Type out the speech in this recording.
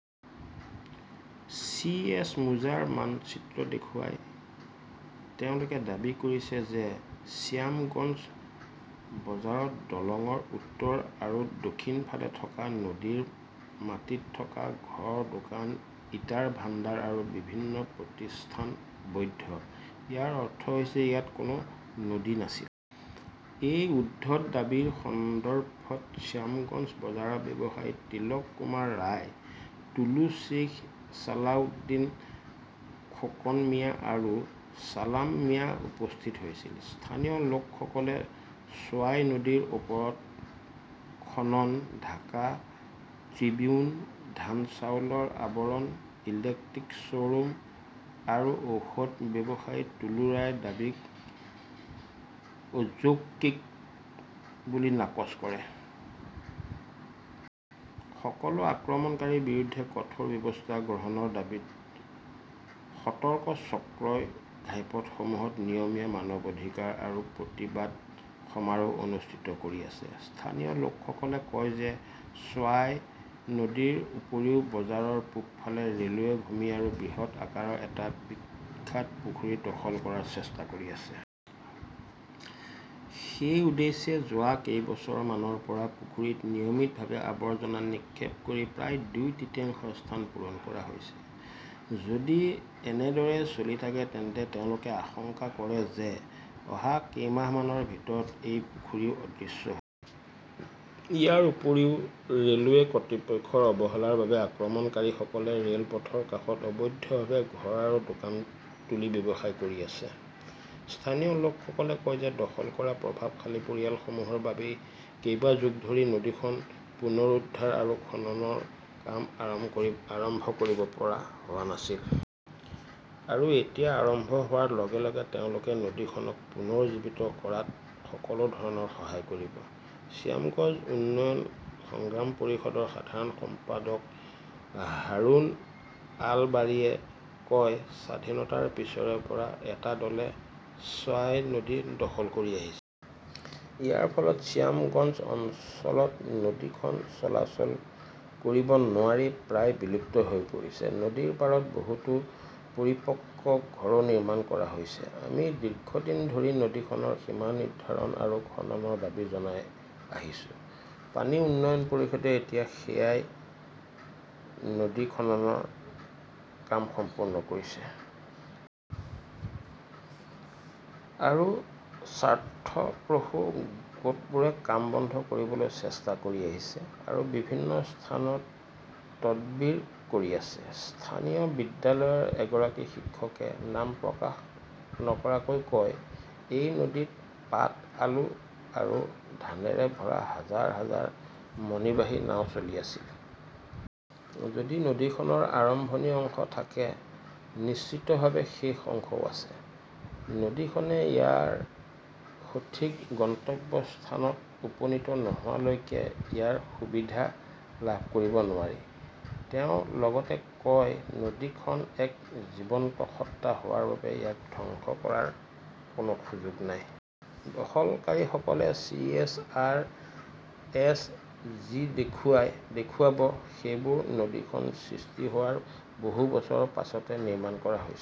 C S মুজাৰ মানচিত্ৰ দেখুৱাই তেওঁলোকে দাবী কৰিছে যে শ্যামগঞ্জ বজাৰত দলঙৰ উত্তৰ আৰু দক্ষিণ ফালে থকা নদীৰ মাটিত থকা ঘৰ দোকান ইটাৰ ভাণ্ডাৰ আৰু বিভিন্ন প্ৰতিষ্ঠান বৈধ। ইয়াৰ অৰ্থ হৈছে ইয়াত কোনো নদী নাছিল। এই উদ্ভট দাবীৰ সন্দৰ্ভত শ্যামগঞ্জ বজাৰৰ ব্যৱসায়ী তিলক কুমাৰ ৰয় টুলু শ্বেইখ চালাউদ্দিন খোকন মিয়া আৰু ছালাম মিয়া উপস্থিত হৈছিল। স্থানীয় লোকসকলে ছোৱাই নদীৰ ওপৰত খনন ঢাকা ট্ৰিবিউন ধান চাউলৰ আৱৰণ ইলেক্ট্ৰনিকছ শ্বৰুম আৰু ঔষধ ব্যৱসায়ী টুলু ৰায়ৰ দাবীক অযৌক্তিক বুলি নাকচ কৰিছে। সকলো আক্ৰমণকাৰীৰ বিৰুদ্ধে কঠোৰ ব্যৱস্থা গ্ৰহণৰ দাবীত সতৰ্ক চক্ৰই ঘাইপথসমূহত নিয়মীয়া মানৱ অধিকাৰ আৰু প্ৰতিবাদ সমাৰোহ অনুষ্ঠিত কৰি আছে। স্থানীয় লোকসকলে কয় যে শ্বৱাই নদীৰ উপৰিও বজাৰৰ পূব ফালে ৰেলৱেৰ ভূমি আৰু বৃহৎ আকাৰৰ এটা বিখ্যাত পুখুৰী দখল কৰাৰ চেষ্টা কৰি আছে। সেই উদ্দেশ্যে যোৱা কেইবছৰমানৰ পৰা পুখুৰীত নিয়মিতভাৱে আৱৰ্জনা নিক্ষেপ কৰি প্ৰায় দুই তৃতীয়াংশ স্থান পূৰণ কৰা হৈছে। যদি এনেদৰে চলি থাকে তেন্তে তেওঁলোকে আশংকা কৰে যে অহা কেইমাহমানৰ ভিতৰত এই পুখুৰীও অদৃশ্য হৈ যাব। ইয়াৰ উপৰিও ৰেলৱে কৰ্তৃপক্ষৰ অৱহেলাৰ বাবে আক্ৰমণকাৰীসকলে ৰেলপথৰ কাষত অবৈধভাৱে ঘৰ আৰু দোকান তুলি ব্যৱসায় কৰি আছে। স্থানীয় লোকসকলে কয় যে দখল কৰা প্ৰভাৱশালী পৰিয়ালসমূহৰ বাবেই কেইবা যুগ ধৰি নদীখন পুনৰুদ্ধাৰ আৰু খননৰ কাম আৰম্ভ কৰিব পৰা হোৱা নাছিল। আৰু এতিয়া আৰম্ভ হোৱাৰ লগে লগে তেওঁলোকে নদীখনক পুনৰুজ্জীৱিত কৰাত সকলো ধৰণৰ সহায় কৰিব। শ্যামগঞ্জ উন্নয়ন সংগ্ৰাম পৰিষদৰ সাধাৰণ সম্পাদক হাৰুন আল বাৰীয়ে কয় স্বাধীনতাৰ পিছৰে পৰা এটা দলে স্বাই নদী দখল কৰি আহিছে। ইয়াৰ ফলত শ্বায়ামগঞ্জ অঞ্চলত নদীখন চলাচল কৰিব নোৱাৰি প্ৰায় বিলুপ্ত হৈ পৰিছিল। নদীৰ পাৰত বহুতো পৰিপক্ক ঘৰো নিৰ্মাণ কৰা হৈছে। আমি দীৰ্ঘদিন ধৰি নদীখনৰ সীমা নিৰ্ধাৰণ আৰু খননৰ দাবী জনাই আহিছোঁ। পানী উন্নয়ন পৰিষদে এতিয়া সোয়াই নদী খননৰ কাম সম্পূৰ্ণ কৰিছে। আৰু স্বাৰ্থপ্ৰসূ গোটবোৰে কাম বন্ধ কৰিবলৈ চেষ্টা কৰি আছে আৰু বিভিন্ন স্থানত তদবিৰ কৰি আছে। স্থানীয় বিদ্যালয়ৰ এগৰাকী শিক্ষকে নাম প্ৰকাশ নকৰাকৈ কয় এই নদীত পাট আলু আৰু ধানেৰে ভৰা হাজাৰ হাজাৰ মণিবাহী নাও চলি আছিল। যদি নদীখনৰ আৰম্ভণি অংশ থাকে নিশ্চিতভাৱে শেষ অংশটোও আছে। নদীখনে ইয়াৰ সঠিক গন্তব্যস্থানত উপনীত নোহোৱালৈকে ইয়াৰ সুবিধা লাভ কৰিব নোৱাৰি। তেওঁ লগতে কয় নদীখন এক জীৱন্ত সত্তা হোৱাৰ বাবে ইয়াক ধ্বংস কৰাৰ কোনো সুযোগ নাই। দখলকাৰীসকলে চি এছ আৰ এছ যি দেখুৱাব সেইবোৰ নদীখন সৃষ্টি হোৱাৰ বহু বছৰৰ পিছত নিৰ্মাণ কৰা হৈছিল।